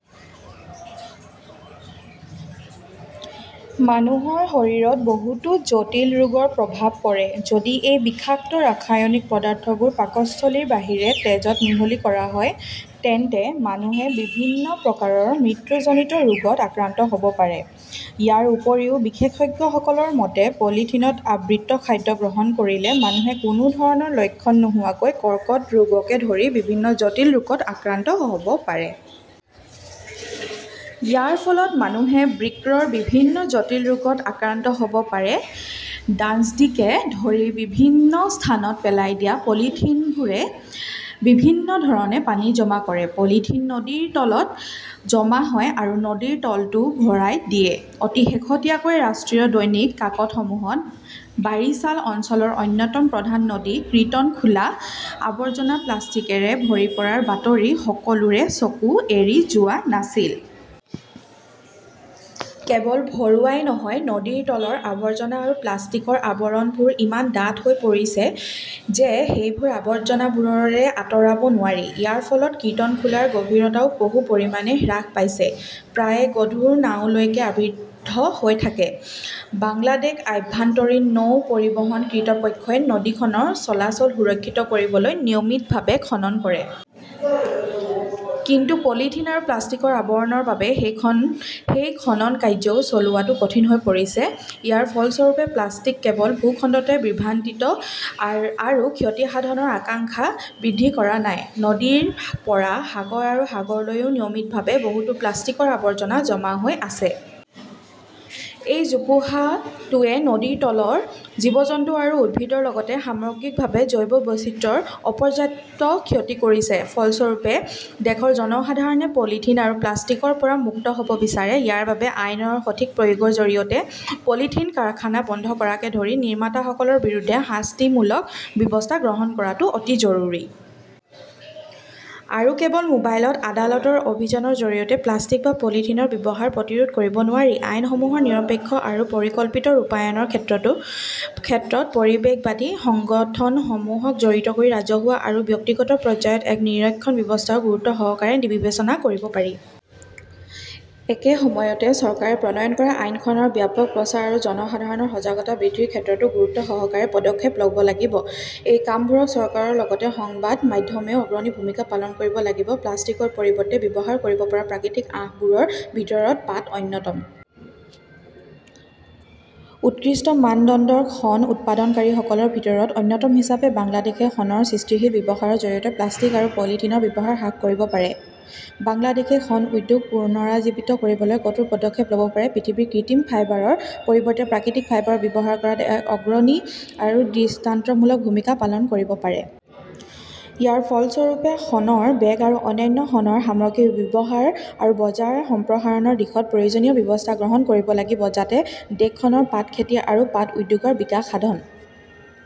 মানুহৰ শৰীৰত বহুতো জটিল ৰোগৰ প্ৰভাৱ পৰে। যদি এই বিষাক্ত ৰাসায়নিক পদাৰ্থবোৰ পাকস্থলীৰ বাহিৰে তেজত মিহলি কৰা হয়, তেন্তে মানুহে বিভিন্ন প্ৰকাৰৰ মৃত্যুজনিত ৰোগত আক্ৰান্ত হ 'ব পাৰে। ইয়াৰ উপৰিও বিশেষজ্ঞসকলৰ মতে, পলিথিনত আবৃত খাদ্য গ্ৰহণ কৰিলে মানুহে কোনো ধৰণৰ লক্ষণ নোহোৱাকৈ কৰ্কট ৰোগকে ধৰি বিভিন্ন জটিল ৰোগত আক্ৰান্ত হ’ব পাৰে। ইয়াৰ ফলত মানুহে বৃক্কৰ বিভিন্ন জটিল ৰোগত আক্ৰান্ত হ’ব পাৰে। ডাস্টবিনকে ধৰি বিভিন্ন স্থানত পেলাই দিয়া পলিথিনবোৰে বিভিন্ন ধৰণে পানী জমা কৰে। পলিথিন নদীৰ তলত জমা হয় আৰু নদীৰ তলটোও ভৰাই দিয়ে। অতি শেহতীয়াকৈ ৰাষ্ট্ৰীয় দৈনিক কাকতসমূহত বাৰিছাল অঞ্চলৰ অন্যতম প্ৰধান নদী কিৰ্তনখোলা আৱৰ্জনা-প্লাষ্টিকৰে ভৰি পৰাৰ বাতৰি সকলোৰে চকু এৰি যোৱা নাছিল। কেৱল ভৰোৱাই নহয়, নদীৰ তলৰ আৱৰ্জনা আৰু প্লাষ্টিকৰ আৱৰণবোৰ ইমান ডাঠ হৈ পৰিছে যে সেইবোৰ আৱৰ্জনাবোৰেৰে আঁতৰাব নোৱাৰে। ইয়াৰ ফলত কীৰ্তনখোলাৰ গভীৰতাও বহু পৰিমাণে হ্ৰাস পাইছে। প্ৰায়ে গধুৰ নাওলৈকে আবদ্ধ হৈ থাকে। বাংলাদেশ আভ্যন্তৰীণ নৌ পৰিবহণ কৰ্তৃপক্ষই নদীখনৰ চলাচল সুৰক্ষিত কৰিবলৈ নিয়মিতভাৱে খনন কৰে। কিন্তু পলিথিন আৰু প্লাষ্টিকৰ আৱৰণৰ বাবে সেই খনন কাৰ্য্যও চলোৱাটো কঠিন হৈ পৰিছে। ইয়াৰ ফলস্বৰূপে প্লাষ্টিক কেৱল ভূখণ্ডতে বিভ্ৰান্তি আৰু ক্ষতিসাধনৰ আশংকা বৃদ্ধি কৰা নাই। নদীৰ পৰা সাগৰ আৰু সাগৰলৈও নিয়মিতভাৱে বহুতো প্লাষ্টিকৰ আৱৰ্জনা জমা হৈ আছে। এই জোপোহাটোৱে নদীৰ তলৰ জীৱ-জন্তু আৰু উদ্ভিদৰ লগতে সামগ্ৰিকভাৱে জৈৱ বৈচিত্ৰ্যৰ অপৰ্যাপ্ত ক্ষতি কৰিছে। ফলস্বৰূপে, দেশৰ জনসাধাৰণে পলিথিন আৰু প্লাষ্টিকৰ পৰা মুক্ত হ’ব বিচাৰে। ইয়াৰ বাবে আইনৰ সঠিক প্ৰয়োগৰ জৰিয়তে পলিথিন কাৰখানা বন্ধ কৰাকে ধৰি নিৰ্মাতাসকলৰ বিৰুদ্ধে শাস্তিমূলক ব্যৱস্থা গ্ৰহণ কৰাটো অতি জৰুৰী। আৰু কেৱল মোবাইল আদালতৰ অভিযানৰ জৰিয়তে প্লাষ্টিক বা পলিথিনৰ ব্যৱহাৰ প্ৰতিৰোধ কৰিব নোৱাৰি। আইনসমূহৰ নিৰপেক্ষ আৰু পৰিকল্পিত ৰূপায়ণৰ ক্ষেত্ৰত পৰিৱেশবাদী সংগঠনসমূহক জড়িত কৰি ৰাজহুৱা আৰু ব্যক্তিগত পৰ্যায়ত এক নিৰীক্ষণ ব্যৱস্থাও গুৰুত্বসহকাৰে বিবেচনা কৰিব পাৰি। একে সময়তে, চৰকাৰে প্ৰণয়ন কৰা আইনখনৰ ব্যাপক প্ৰচাৰ আৰু জনসাধাৰণৰ সজাগতা বৃদ্ধিৰ ক্ষেত্ৰতো গুৰুত্বসহকাৰে পদক্ষেপ ল’ব লাগিব। এই কামবোৰত চৰকাৰৰ লগতে সংবাদ মাধ্যমেও অগ্ৰণী ভূমিকা পালন কৰিব লাগিব। প্লাষ্টিকৰ পৰিৱৰ্তে ব্যৱহাৰ কৰিব পৰা প্ৰাকৃতিক আঁহবোৰৰ ভিতৰত পাট অন্যতম। উৎকৃষ্ট মানদণ্ডৰ শণ উৎপাদনকাৰীসকলৰ ভিতৰত অন্যতম হিচাপে বাংলাদেশই শণৰ সৃষ্টিশীল ব্যৱহাৰৰ জৰিয়তে প্লাষ্টিক আৰু পলিথিনৰ ব্যৱহাৰ হ্ৰাস কৰিব পাৰে। বাংলাদেশই শণ উদ্যোগ পুনৰুজ্জীৱিত কৰিবলৈ কঠোৰ পদক্ষেপ ল’ব পাৰে। পৃথিৱীত কৃত্ৰিম ফাইবাৰৰ পৰিৱৰ্তে প্ৰাকৃতিক ফাইবাৰ ব্যৱহাৰ কৰাত এক অগ্ৰণী আৰু দৃষ্টান্তমূলক ভূমিকা পালন কৰিব পাৰে। ইয়াৰ ফলস্বৰূপে, শণৰ বেগ আৰু অন্যান্য শণৰ সামগ্ৰীৰ ব্যৱহাৰ আৰু বজাৰ সম্প্ৰসাৰণৰ দিশত প্ৰয়োজনীয় ব্যৱস্থা গ্ৰহণ কৰিব লাগিব। যাতে দেশখনৰ পাট খেতি আৰু পাট উদ্যোগৰ বিকাশ সাধন